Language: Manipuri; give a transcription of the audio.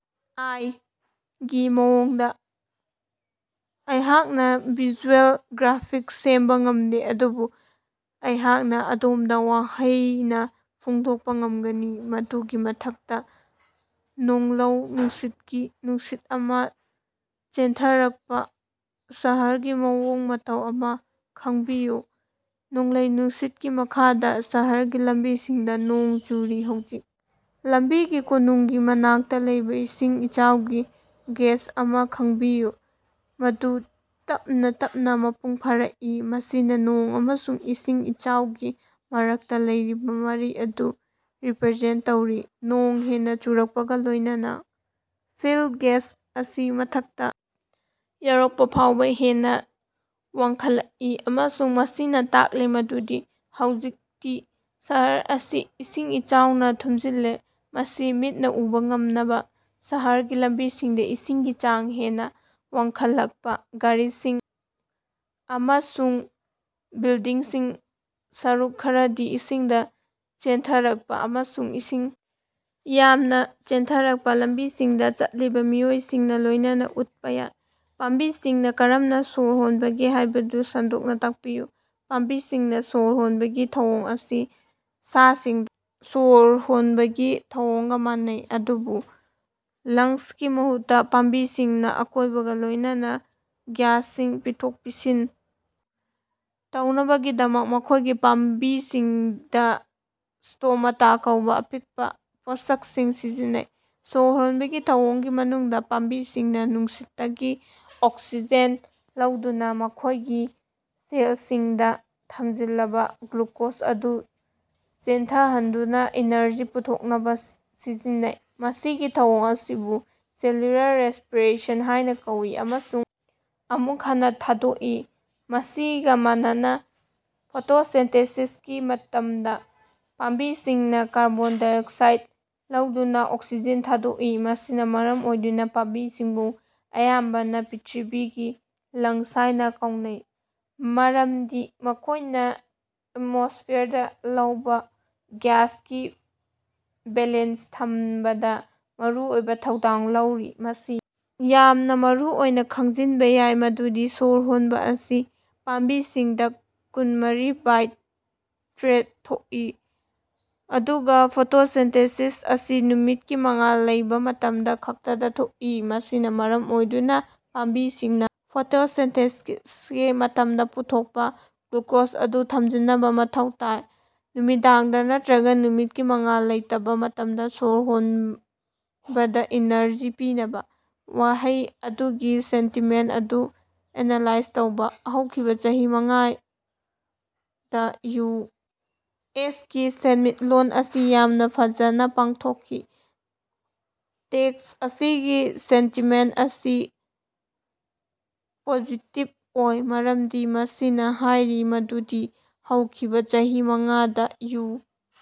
ꯑꯥꯏ. ꯒꯤ ꯃꯑꯣꯡꯗ ꯑꯩꯍꯥꯛꯅ ꯚꯤꯖꯨꯑꯦꯜ ꯒ꯭ꯔꯥꯐꯤꯛꯁ ꯁꯦꯝꯕ ꯉꯝꯗꯦ꯫ ꯑꯗꯨꯕꯨ ꯑꯩꯍꯥꯛꯅ ꯑꯗꯣꯝꯗ ꯋꯥꯍꯩꯅ ꯐꯣꯡꯗꯣꯛꯄ ꯉꯝꯒꯅꯤ꯫ ꯃꯗꯨꯒꯤ ꯃꯊꯛꯇ ꯅꯣꯡꯂꯧ-ꯅꯨꯡꯁꯤꯠꯀꯤ ꯅꯨꯡꯁꯤꯠ ꯑꯃꯥ ꯆꯦꯟꯊꯔꯀꯄꯥ ꯁꯍꯔꯒꯤ ꯃꯑꯣꯡ ꯃꯇꯧ ꯑꯃ ꯈꯪꯕꯤꯌꯨ꯫ ꯅꯣꯡꯂꯩ ꯅꯨꯡꯁꯤꯠꯀꯤ ꯃꯈꯥꯗ ꯁꯍꯔꯒꯤ ꯂꯝꯕꯤꯁꯤꯡꯗ ꯅꯣꯡ ꯆꯨꯔꯤ꯫ ꯍꯧꯖꯤꯛ, ꯂꯝꯕꯤꯒꯤ ꯀꯣꯅꯨꯡꯒꯤ ꯃꯅꯥꯛꯇ ꯂꯩꯕ ꯏꯁꯤꯡ ꯏꯆꯥꯎꯒꯤ ꯒꯦꯖ ꯑꯃ ꯈꯪꯕꯤꯌꯨ, ꯃꯗꯨ ꯇꯞꯅꯥ ꯇꯞꯅꯥ ꯃꯄꯨꯡ ꯐꯥꯔꯛꯏ, ꯃꯁꯤꯅꯥ ꯅꯣꯡ ꯑꯃꯁꯨꯡ ꯏꯁꯤꯡ ꯏꯆꯥꯎꯒꯤ ꯃꯔꯛꯇ ꯂꯩꯔꯤꯕ ꯃꯔꯤ ꯑꯗꯨ ꯔꯤꯄꯔꯖꯦꯟꯇ ꯇꯧꯔꯤ꯫ ꯅꯣꯡ ꯍꯦꯟꯅꯥ ꯆꯨꯔꯛꯄꯒ ꯂꯣꯏꯅꯅꯥ ꯐ꯭ꯂꯗ ꯒꯦꯖ ꯑꯁꯤ ꯃꯊꯛꯇ ꯌꯧꯔꯛꯄ ꯐꯥꯎꯕꯥ ꯍꯦꯟꯅ ꯋꯥꯡꯈꯠꯂꯛꯏ ꯑꯃꯁꯨꯡ ꯃꯁꯤꯅ ꯇꯥꯛꯂꯤ ꯃꯗꯨꯗꯤ ꯍꯧꯖꯤꯛꯇꯤ ꯁꯍꯔ ꯑꯁꯤ ꯏꯁꯤꯡ ꯏꯆꯥꯎꯅ ꯊꯨꯝꯖꯤꯜꯂꯦ꯫ ꯃꯁꯤ ꯃꯤꯠꯅꯥ ꯎꯕꯥ ꯉꯝꯅꯕꯥ ꯁꯍꯔꯒꯤ ꯂꯝꯕꯤꯁꯤꯡꯗ ꯏꯁꯤꯡꯒꯤ ꯆꯥꯡ ꯍꯦꯟꯅ ꯋꯥꯡꯈꯠꯂꯛꯄ, ꯒꯥꯔꯤꯁꯤꯡ ꯑꯃꯁꯨꯡ ꯕꯤꯜꯗꯤꯡꯁꯤꯡ ꯁꯔꯨꯛ ꯈꯔꯗꯤ ꯏꯁꯤꯡꯗ ꯆꯦꯟꯊꯔꯛꯄ, ꯑꯃꯁꯨꯡ ꯏꯁꯤꯡ ꯌꯥꯝꯅ ꯆꯦꯟꯊꯔꯛꯄ ꯂꯝꯕꯤꯁꯤꯡꯗ ꯆꯠꯂꯤꯕ ꯃꯤꯑꯣꯏꯁꯤꯡꯒ ꯂꯣꯏꯅꯅꯥ ꯎꯠꯄ ꯌꯥꯏ꯫ ꯄꯥꯝꯕꯤꯁꯤꯡꯅ ꯀꯔꯝꯅ ꯁꯣꯔ ꯍꯣꯟꯕꯒꯦ ꯍꯥꯏꯕꯗꯨ ꯁꯟꯗꯣꯛꯅ ꯇꯥꯛꯄꯤꯌꯨ꯫ ꯄꯥꯝꯕꯤꯁꯤꯡꯅ ꯁꯣꯔ ꯍꯣꯟꯕꯒꯤ ꯊꯧꯑꯣꯡ ꯑꯁꯤ ꯁꯥꯁꯤꯡꯗꯥ ꯁꯣꯔ ꯍꯣꯟꯕꯒꯤ ꯊꯧꯑꯣꯡꯒ ꯃꯥꯟꯅꯩ, ꯑꯗꯨꯕꯨ ꯂꯪꯁꯀꯤ ꯃꯍꯨꯠꯇꯥ, ꯄꯥꯝꯕꯤꯁꯤꯡꯅ ꯑꯀꯣꯏꯕꯒ ꯂꯣꯏꯅꯅꯥ ꯒ꯭ꯌꯥꯁꯁꯤꯡ ꯄꯤꯊꯣꯛ-ꯄꯤꯁꯤꯟ ꯇꯧꯅꯕꯒꯤꯗꯃꯛ ꯃꯈꯣꯏꯒꯤ ꯄꯥꯝꯕꯤꯁꯤꯡꯗ ꯁ꯭ꯇꯣꯃꯇꯥ ꯀꯧꯕ ꯑꯄꯤꯛꯄ ꯄꯣꯠꯁꯛꯁꯤꯡ ꯁꯤꯖꯤꯟꯅꯩ꯫ ꯁꯣꯔ ꯍꯣꯟꯕꯒꯤ ꯊꯧꯑꯣꯡꯒꯤ ꯃꯅꯨꯡꯗꯥ, ꯄꯥꯝꯕꯤꯁꯤꯡꯅꯥ ꯅꯨꯡꯁꯤꯠꯇꯒꯤ ꯑꯣꯛꯁꯤꯖꯦꯟ ꯂꯧꯗꯨꯅ ꯃꯈꯣꯏꯒꯤ ꯁꯦꯜꯁꯤꯡꯗꯥ ꯊꯝꯖꯤꯜꯂꯕꯥ ꯒ꯭ꯂꯨꯀꯣꯖ ꯑꯗꯨ ꯆꯦꯟꯊꯍꯟꯗꯨꯅꯥ ꯑꯦꯅꯔꯖꯤ ꯄꯨꯊꯣꯛꯅꯕꯥ ꯁꯤꯖꯤꯟꯅꯩ꯫ ꯃꯁꯤꯒꯤ ꯊꯧꯑꯣꯡ ꯑꯁꯤꯕꯨ ꯁꯦꯜꯂꯨꯂꯔ ꯔꯦꯁ꯭ꯄꯤꯔꯦꯁꯟ ꯍꯥꯏꯅ ꯀꯧꯏ ꯑꯃꯁꯨꯡ ꯑꯃꯨꯛ ꯍꯟꯅꯥ ꯊꯥꯗꯣꯛꯏ꯫ ꯃꯁꯤꯒ ꯃꯥꯟꯅꯅꯥ ꯐꯣꯇꯣꯁꯤꯟꯊꯦꯁꯤꯁꯀꯤ ꯃꯇꯝꯗ ꯄꯥꯝꯕꯤꯁꯤꯡꯅ ꯀꯥꯔꯕꯣꯟ ꯗꯥꯏꯑꯣꯛꯁꯥꯏꯗ ꯂꯧꯗꯨꯅ ꯑꯣꯛꯁꯤꯖꯦꯟ ꯊꯥꯗꯣꯛꯏ꯫ ꯃꯁꯤꯅ ꯃꯔꯝ ꯑꯣꯏꯗꯨꯅ ꯄꯥꯝꯕꯤꯁꯤꯡꯕꯨ ꯑꯌꯥꯝꯕꯅ "ꯄ꯭ꯔꯤꯊꯤꯕꯤꯒꯤ ꯂꯪꯁ" ꯍꯥꯏꯅ ꯀꯧꯅꯩ, ꯃꯔꯝꯗꯤ ꯃꯈꯣꯏꯅ ꯑꯦꯠꯃꯣꯁ꯭ꯐꯤꯌꯔꯗ ꯂꯧꯕ ꯒ꯭ꯌꯥꯁꯀꯤ ꯕꯦꯂꯦꯟꯁ ꯊꯝꯕꯗ ꯃꯔꯨꯑꯣꯏꯕ ꯊꯧꯗꯥꯡ ꯂꯧꯔꯤ꯫ ꯃꯁꯤ ꯌꯥꯝꯅ ꯃꯔꯨꯑꯣꯏꯅ ꯈꯪꯖꯤꯟꯕ ꯌꯥꯏ ꯃꯗꯨꯗꯤ ꯁꯣꯔ ꯍꯣꯟꯕꯥ ꯑꯁꯤ ꯄꯥꯝꯕꯤꯁꯤꯡꯗ ꯀꯨꯟꯃꯔꯤ ꯕꯥꯏ ꯇꯔ‌ꯦꯠ ꯊꯣꯛꯏ, ꯑꯗꯨꯒ ꯐꯣꯇꯣꯁꯤꯟꯊꯦꯁꯤꯁ ꯑꯁꯤ ꯅꯨꯃꯤꯠꯀꯤ ꯃꯉꯥꯜ ꯂꯩꯕ ꯃꯇꯝꯗ ꯈꯛꯇꯗꯥ ꯊꯣꯛꯏ꯫ ꯃꯁꯤꯅ ꯃꯔꯝ ꯑꯣꯏꯗꯨꯅ ꯄꯥꯝꯕꯤꯁꯤꯡꯅ ꯐꯣꯇꯣꯁꯤꯟꯊꯦꯁꯤꯁꯀꯤ ꯃꯇꯝꯗꯥ ꯄꯨꯊꯣꯛꯄꯥ ꯒ꯭ꯂꯨꯀꯣꯖ ꯑꯗꯨ ꯊꯝꯖꯤꯅꯕ ꯃꯊꯧ ꯇꯥꯏ, ꯅꯨꯃꯤꯗꯥꯡꯗ ꯅꯠꯇꯔꯒ ꯅꯨꯃꯤꯠꯀꯤ ꯃꯉꯥꯜ ꯂꯩꯇꯕꯥ ꯃꯇꯝꯗ ꯁꯣꯔ ꯍꯣꯟꯕꯗ ꯏꯅꯔꯖꯤ ꯄꯤꯅꯕꯥ꯫ ꯋꯥꯍꯩ ꯑꯗꯨꯒꯤ ꯁꯦꯟꯇꯤꯃꯦꯟꯇ ꯑꯗꯨ ꯑꯦꯅꯥꯂꯥꯏꯖ ꯇꯧꯕ꯫ ꯍꯧꯈꯤꯕ ꯆꯍꯤ ꯃꯉꯥꯗ ꯌꯨ. ꯑꯦꯁ. ꯀꯤ ꯁꯦꯟꯃꯤꯠꯂꯣꯟ ꯑꯁꯤ ꯌꯥꯝꯅ ꯐꯖꯅ ꯄꯥꯡꯊꯣꯛꯈꯤ꯫ ꯇꯦꯛꯁ ꯑꯁꯤꯒꯤ ꯁꯦꯟꯇꯤꯃꯦꯟꯇ ꯑꯁꯤ ꯄꯣꯖꯤꯇꯤꯕ ꯑꯣꯏ, ꯃꯔꯝꯗꯤ ꯃꯁꯤꯅ ꯍꯥꯏꯔꯤ ꯃꯗꯨꯗꯤ ꯍꯧꯈꯤꯕ ꯆꯍꯤ ꯃꯉꯥꯗ ꯌꯨ.